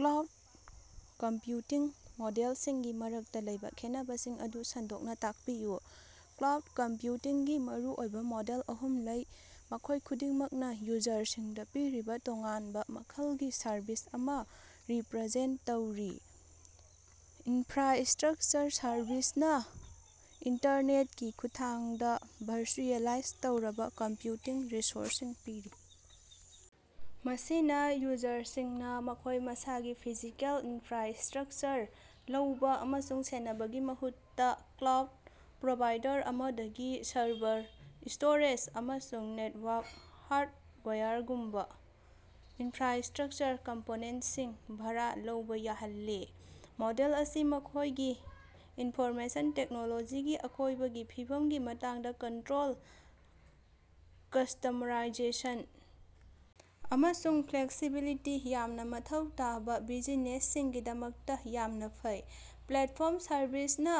Cloud computing ꯃꯣꯗꯦꯜꯁꯤꯡꯒꯤ ꯃꯔꯛꯇꯥ ꯂꯩꯕꯥ ꯈꯦꯠꯅꯕꯁꯤꯡ ꯑꯗꯨ ꯁꯟꯗꯣꯛꯅꯥ ꯇꯥꯛꯄꯤꯌꯨ꯫ ꯀ꯭ꯂꯥꯎꯠ ꯀꯝꯄ꯭ꯌꯨꯇꯤꯡꯒꯤ ꯃꯔꯨꯑꯣꯏꯕꯥ ꯃꯣꯗꯦꯜ ꯑꯍꯨꯝꯂꯩ, ꯃꯈꯣꯏ ꯈꯨꯗꯤꯡꯃꯛꯅꯥ ꯌꯨꯖꯔꯁꯤꯡꯗꯥ ꯄꯤꯔꯤꯕꯥ ꯇꯣꯉꯥꯟꯕꯥ ꯃꯈꯜꯒꯤ ꯁꯔꯚꯤꯁ ꯑꯃꯥ ꯔꯤꯄ꯭ꯔꯖꯦꯟꯇ ꯇꯧꯔꯤ꯫ ꯏꯟꯐ꯭ꯔꯥꯁꯇ꯭ꯔꯛꯆꯔ ꯁꯔꯚꯤꯁꯅꯥ ꯏꯟꯇꯔꯅꯦꯠꯀꯤ ꯈꯨꯠꯊꯥꯡꯗꯥ ꯚꯔꯆꯨꯑꯦꯂꯥꯏꯖ ꯇꯧꯔꯕꯥ ꯀꯝꯄ꯭ꯌꯨꯇꯤꯡ ꯔꯤꯁꯣꯔꯁꯁꯤꯡ ꯄꯤꯔꯤ꯫ ꯃꯁꯤꯅꯥ ꯌꯨꯖꯔꯁꯤꯡꯅꯥ ꯃꯈꯣꯏ ꯃꯁꯥꯒꯤ ꯐꯤꯖꯤꯀꯦꯜ ꯏꯟꯐ꯭ꯔꯥꯁꯇ꯭ꯔꯛꯆꯔ ꯂꯧꯕꯥ ꯑꯃꯁꯨꯡ ꯁꯦꯟꯅꯕꯒꯤ ꯃꯍꯨꯠꯇꯥ, ꯀ꯭ꯂꯥꯎꯠ ꯄ꯭ꯔꯣꯚꯥꯏꯗꯔ ꯑꯃꯗꯒꯤ ꯁꯔꯚꯔ, ꯁ꯭ꯇꯣꯔꯦꯖ ꯑꯃꯁꯨꯡ ꯅꯦꯠꯋꯥꯛ ꯍꯥꯔꯠꯋꯥꯌꯔꯒꯨꯝꯕꯥ ꯏꯟꯐ꯭ꯔꯥꯁꯇ꯭ꯔꯛꯆꯔ ꯀꯝꯄꯣꯅꯦꯟꯁꯤꯡ ꯚꯥꯔꯥ ꯂꯧꯕꯥ ꯌꯥꯍꯜꯂꯤ꯫ ꯃꯣꯗꯦꯜ ꯑꯁꯤ ꯃꯈꯣꯏꯒꯤ ꯏꯟꯐꯣꯔꯃꯦꯁꯟ ꯇꯦꯛꯅꯣꯂꯣꯖꯤꯒꯤ ꯑꯀꯣꯏꯕꯒꯤ ꯐꯤꯕꯝꯒꯤ ꯃꯇꯥꯡꯗꯥ ꯀꯟꯇ꯭ꯔꯣꯜ, ꯀꯁꯇ꯭ꯃꯔꯥꯏꯖꯦꯁꯟ ꯑꯃꯁꯨꯡ ꯐ꯭ꯂꯦꯛꯁꯤꯕꯤꯂꯤꯇꯤ ꯌꯥꯝꯅꯥ ꯃꯊꯧ ꯇꯥꯕꯥ ꯕꯤꯖꯤꯅꯦꯁꯁꯤꯡꯒꯤꯗꯃꯛꯇꯥ ꯌꯥꯝꯅꯥ ꯐꯩ꯫ ꯄ꯭ꯂꯦꯠꯐꯣꯝ ꯁꯔꯚꯤꯁꯅꯥ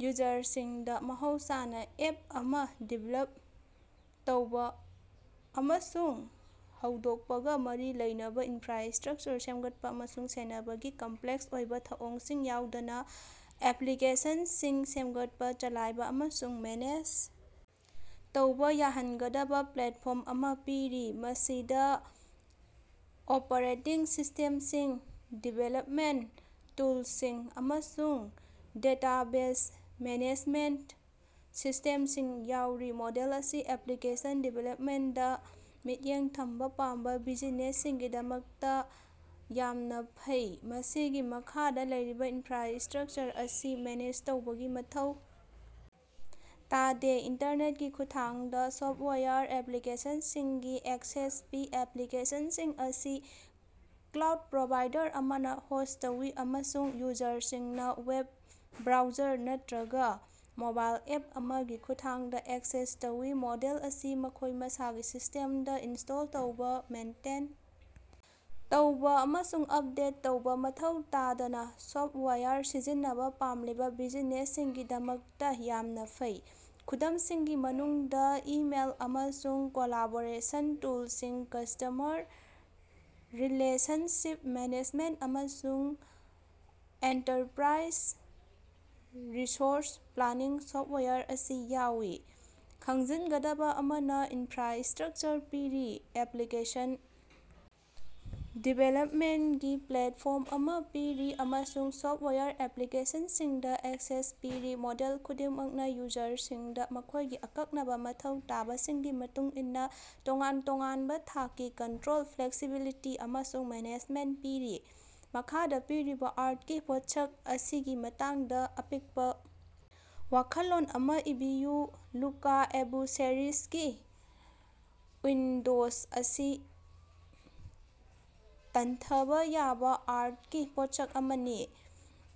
ꯌꯨꯖꯔꯁꯤꯡꯗꯥ ꯃꯍꯧꯁꯥꯅꯥ ꯑꯦꯞ ꯑꯃꯥ ꯗꯤꯕꯦꯂꯞ ꯇꯧꯕꯥ ꯑꯃꯁꯨꯡ ꯍꯧꯗꯣꯛꯄꯒꯥ ꯃꯔꯤ ꯂꯩꯅꯕꯥ ꯏꯟꯐ꯭ꯔꯥꯁꯇ꯭ꯔꯛꯆꯔ ꯁꯦꯝꯒꯠꯄꯥ ꯑꯃꯁꯨꯡ ꯁꯦꯟꯅꯕꯒꯤ ꯀꯝꯄ꯭ꯂꯦꯛꯁ ꯑꯣꯏꯕꯥ ꯊꯧꯑꯣꯡꯁꯤꯡ ꯌꯥꯎꯗꯅꯥ ꯑꯦꯄ꯭ꯂꯤꯀꯦꯁꯟꯁꯤꯡ ꯁꯦꯝꯒꯠꯄꯥ ꯆꯂꯥꯏꯕꯥ ꯑꯃꯁꯨꯡ ꯃꯦꯅꯦꯖ ꯇꯧꯕꯥ ꯌꯥꯍꯟꯒꯗꯕꯥ ꯄ꯭ꯂꯦꯠꯐꯣꯔꯝ ꯑꯃꯥ ꯄꯤꯔꯤ꯫ ꯃꯁꯤꯗꯥ ꯑꯣꯄꯔꯦꯇꯤꯡ ꯁꯤꯁꯇꯦꯝꯁꯤꯡ, ꯗꯤꯕꯦꯂꯞꯃꯦꯟ ꯇꯨꯜꯁꯤꯡ ꯑꯃꯁꯨꯡ ꯗꯦꯇꯥꯕꯦꯖ ꯃꯦꯅꯦꯖꯃꯦꯟꯇ ꯁꯤꯁꯇꯦꯝꯁꯤꯡ ꯌꯥꯎꯔꯤ꯫ ꯃꯣꯗꯦꯜ ꯑꯁꯤ ꯑꯦꯄ꯭ꯂꯤꯀꯦꯁꯟ ꯗꯤꯕꯦꯂꯞꯃꯦꯟꯗꯥ ꯃꯤꯠꯌꯦꯡ ꯊꯝꯕꯥ ꯄꯥꯝꯕꯥ ꯕꯤꯖꯤꯅꯦꯁꯁꯤꯡꯒꯤꯗꯃꯛꯇꯥ ꯌꯥꯝꯅꯥ ꯐꯩ, ꯃꯁꯤꯒꯤ ꯃꯈꯥꯗꯥ ꯂꯩꯔꯤꯕꯥ ꯏꯟꯐ꯭ꯔꯥꯁꯇ꯭ꯔꯛꯆꯔ ꯑꯁꯤ ꯃꯦꯅꯦꯖ ꯇꯧꯕꯒꯤ ꯃꯊꯧ ꯇꯥꯗꯦ꯫ ꯏꯟꯇꯔꯅꯦꯠꯀꯤ ꯈꯨꯠꯊꯥꯡꯗꯥ ꯁꯣꯞꯋꯥꯌꯔ ꯑꯦꯄ꯭ꯂꯤꯀꯦꯁꯟꯁꯤꯡꯒꯤ ꯑꯦꯛꯁꯦꯁ ꯄꯤ꯫ ꯑꯦꯄ꯭ꯂꯤꯀꯦꯁꯟꯁꯤꯡ ꯑꯁꯤ ꯀ꯭ꯂꯥꯎꯠ ꯄ꯭ꯔꯣꯚꯥꯏꯗꯔ ꯑꯃꯅꯥ ꯍꯣꯁ ꯇꯧꯏ ꯑꯃꯁꯨꯡ ꯌꯨꯖꯔꯁꯤꯡꯅꯥ ꯋꯦꯕ ꯕ꯭ꯔꯥꯎꯖꯔ ꯅꯠꯇ꯭ꯔꯒꯥ ꯃꯣꯕꯥꯏꯜ ꯑꯦꯞ ꯑꯃꯒꯤ ꯈꯨꯠꯊꯥꯡꯗꯥ ꯑꯦꯛꯁꯦꯁ ꯇꯧꯏ꯫ ꯃꯣꯗꯦꯜ ꯑꯁꯤ ꯃꯈꯣꯏ ꯃꯁꯥꯒꯤ ꯁꯤꯁꯇꯦꯝꯗꯥ ꯏꯟꯁ꯭ꯇꯣꯜ ꯇꯧꯕꯥ, ꯃꯦꯟꯇꯦꯟ ꯇꯧꯕꯥ ꯑꯃꯁꯨꯡ ꯑꯞꯗꯦꯠ ꯇꯧꯕꯥ ꯃꯊꯧ ꯇꯥꯗꯅꯥ ꯁꯣꯞꯋꯥꯌꯔ ꯁꯤꯖꯤꯟꯅꯕꯥ ꯄꯥꯝꯂꯤꯕꯥ ꯕꯤꯖꯤꯅꯦꯁꯁꯤꯡꯒꯤꯗꯃꯛꯇꯥ ꯌꯥꯝꯅꯥ ꯐꯩ꯫ ꯈꯨꯗꯝꯁꯤꯡꯒꯤ ꯃꯅꯨꯡꯗꯥ ꯏꯃꯦꯜ ꯑꯃꯁꯨꯡ ꯀꯣꯂꯥꯕꯣꯔꯦꯁꯟ ꯇꯨꯜꯁꯤꯡ, ꯀꯁ꯭ꯇꯃꯔ ꯔꯤꯂꯦꯁꯟꯁꯤꯞ ꯃꯦꯅꯦꯖꯃꯦꯟ ꯑꯃꯁꯨꯡ ꯑꯦꯟꯇꯔꯄ꯭ꯔꯥꯏꯖ ꯔꯤꯁꯣꯔꯁ ꯄ꯭ꯂꯥꯅꯤꯡ ꯁꯣꯞꯋꯥꯌꯔ ꯑꯁꯤ ꯌꯥꯎꯏ꯫ ꯈꯪꯖꯤꯟꯒꯗꯕꯥ ꯑꯃꯅꯥ ꯏꯟꯐ꯭ꯔꯥꯁꯇ꯭ꯔꯛꯆꯔ ꯄꯤꯔꯤ, ꯑꯦꯄ꯭ꯂꯤꯀꯦꯁꯟ ꯗꯤꯚꯦꯂꯞꯃꯦꯟꯒꯤ ꯄ꯭ꯂꯦꯠꯐꯣꯔꯝ ꯑꯃꯥ ꯄꯤꯔꯤ ꯑꯃꯁꯨꯡ ꯁꯣꯞꯋꯥꯌꯔ ꯑꯦꯄ꯭ꯂꯤꯀꯦꯁꯟꯁꯤꯡꯗꯥ ꯑꯦꯛꯁꯦꯁ ꯄꯤꯔꯤ꯫ ꯃꯣꯗꯦꯜ ꯈꯨꯗꯤꯡꯃꯛꯅꯥ ꯌꯨꯖꯔꯁꯤꯡꯗꯥ ꯃꯈꯣꯏꯒꯤ ꯑꯀꯛꯅꯕꯥ ꯃꯊꯧ ꯇꯥꯕꯁꯤꯡꯒꯤ ꯃꯇꯨꯡ ꯏꯟꯅꯥ ꯇꯣꯉꯥꯟ ꯇꯣꯉꯥꯟꯕꯥ ꯊꯥꯛꯀꯤ ꯀꯟꯇ꯭ꯔꯣꯜ, ꯐ꯭ꯂꯦꯛꯁꯤꯕꯤꯂꯤꯇꯤ ꯑꯃꯁꯨꯡ ꯃꯦꯅꯦꯖꯃꯦꯟ ꯄꯤꯔꯤ꯫ ꯃꯈꯥꯗꯥ ꯄꯤꯔꯤꯕꯥ ꯑꯥꯔꯠꯀꯤ ꯄꯣꯠꯁꯛ ꯑꯁꯤꯒꯤ ꯃꯇꯥꯡꯗꯥ ꯑꯄꯤꯛꯄꯥ ꯋꯥꯈꯜꯂꯣꯟ ꯑꯃꯥ ꯏꯕꯤꯌꯨ꯫ ꯂꯨꯀꯥ ꯑꯕꯨꯁꯦꯔꯤꯖꯒꯤ "ꯎꯏꯟꯗꯣꯖ" ꯑꯁꯤ ꯇꯟꯊꯕꯥ ꯌꯥꯕꯥ ꯑꯥꯔꯠꯀꯤ ꯄꯣꯠꯁꯛ ꯑꯃꯅꯤ,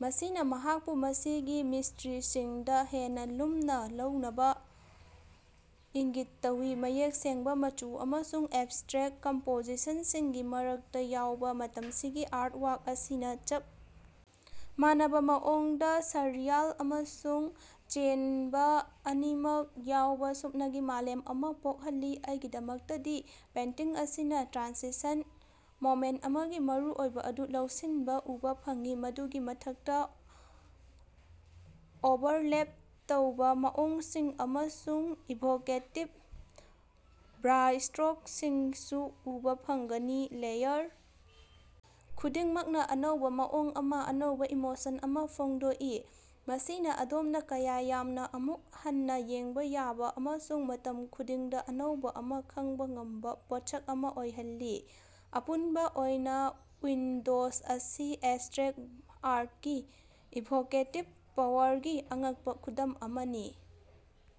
ꯃꯁꯤꯅꯥ ꯃꯍꯥꯛꯄꯨ ꯃꯁꯤꯒꯤ ꯃꯤꯁꯇ꯭ꯔꯤꯁꯤꯡꯗꯥ ꯍꯦꯟꯅꯥ ꯂꯨꯝꯅꯥ ꯂꯧꯅꯕꯥ ꯏꯪꯒꯤꯠ ꯇꯧꯏ꯫ ꯃꯌꯦꯛ ꯁꯦꯡꯕꯥ ꯃꯆꯨ ꯑꯃꯁꯨꯡ ꯑꯦꯞꯁꯇ꯭ꯔꯦꯛ ꯀꯝꯄꯣꯖꯤꯁꯟꯁꯤꯡꯒꯤ ꯃꯔꯛꯇꯥ ꯌꯥꯎꯕꯥ ꯃꯇꯝꯁꯤꯒꯤ ꯑꯥꯔꯠꯋꯥꯛ ꯑꯁꯤꯅꯥ ꯆꯞ ꯃꯥꯟꯅꯕꯥ ꯃꯑꯣꯡꯗꯥ ꯁꯔꯔꯤꯌꯥꯜ ꯑꯃꯁꯨꯡ ꯆꯦꯟꯕꯥ ꯑꯅꯤꯃꯛ ꯌꯥꯎꯕꯥ ꯁꯨꯞꯅꯒꯤ ꯃꯥꯂꯦꯝ ꯑꯃꯥ ꯄꯣꯛꯍꯜꯂꯤ꯫ ꯑꯩꯒꯤꯗꯃꯛꯇꯗꯤ ꯄꯦꯟꯇꯤꯡ ꯑꯁꯤꯅꯥ ꯇ꯭ꯔꯥꯟꯁꯤꯑꯦꯟ ꯃꯣꯃꯦꯟ ꯑꯃꯒꯤ ꯃꯔꯨꯑꯣꯏꯕꯥ ꯑꯗꯨ ꯂꯧꯁꯤꯟꯕꯥ ꯎꯕꯥ ꯐꯪꯏ, ꯃꯗꯨꯒꯤ ꯃꯊꯛꯇꯥ ꯑꯣꯚꯔꯂꯦꯞ ꯇꯧꯕꯥ ꯃꯑꯣꯡꯁꯤꯡ ꯑꯃꯁꯨꯡ ꯏꯚꯣꯀꯦꯇꯤꯄ ꯕ꯭ꯔꯥꯁꯇ꯭ꯔꯣꯛꯁꯤꯡꯁꯨ ꯎꯕꯥ ꯐꯪꯒꯅꯤ꯫ ꯂꯦꯌꯔ ꯈꯨꯗꯤꯡꯃꯛꯅꯥ ꯑꯅꯧꯕꯥ ꯃꯑꯣꯡ ꯑꯃꯥ, ꯑꯅꯧꯕꯥ ꯏꯃꯣꯁꯟ ꯑꯃꯥ ꯐꯣꯡꯗꯣꯛꯏ, ꯃꯁꯤꯅꯥ ꯑꯗꯣꯝꯅꯥ ꯀꯌꯥ ꯌꯥꯝꯅꯥ ꯑꯃꯨꯛ ꯍꯟꯅꯥ ꯌꯦꯡꯕꯥ ꯌꯥꯕꯥ ꯑꯃꯁꯨꯡ ꯃꯇꯝ ꯈꯨꯗꯤꯡꯗꯥ ꯑꯅꯧꯕꯥ ꯑꯃꯥ ꯈꯪꯕꯥ ꯉꯝꯕꯥ ꯄꯣꯠꯁꯛ ꯑꯃꯥ ꯑꯣꯏꯍꯜꯂꯤ꯫ ꯑꯄꯨꯟꯕꯥ ꯑꯣꯏꯅꯥ "ꯎꯏꯟꯗꯣꯖ" ꯑꯁꯤ ꯑꯦꯞꯁꯇ꯭ꯔꯦꯛ ꯑꯥꯔꯠꯀꯤ ꯏꯚꯣꯀꯦꯇꯤꯞ ꯄꯥꯋꯔꯒꯤ ꯑꯉꯛꯄꯥ ꯈꯨꯗꯝ ꯑꯃꯅꯤ꯫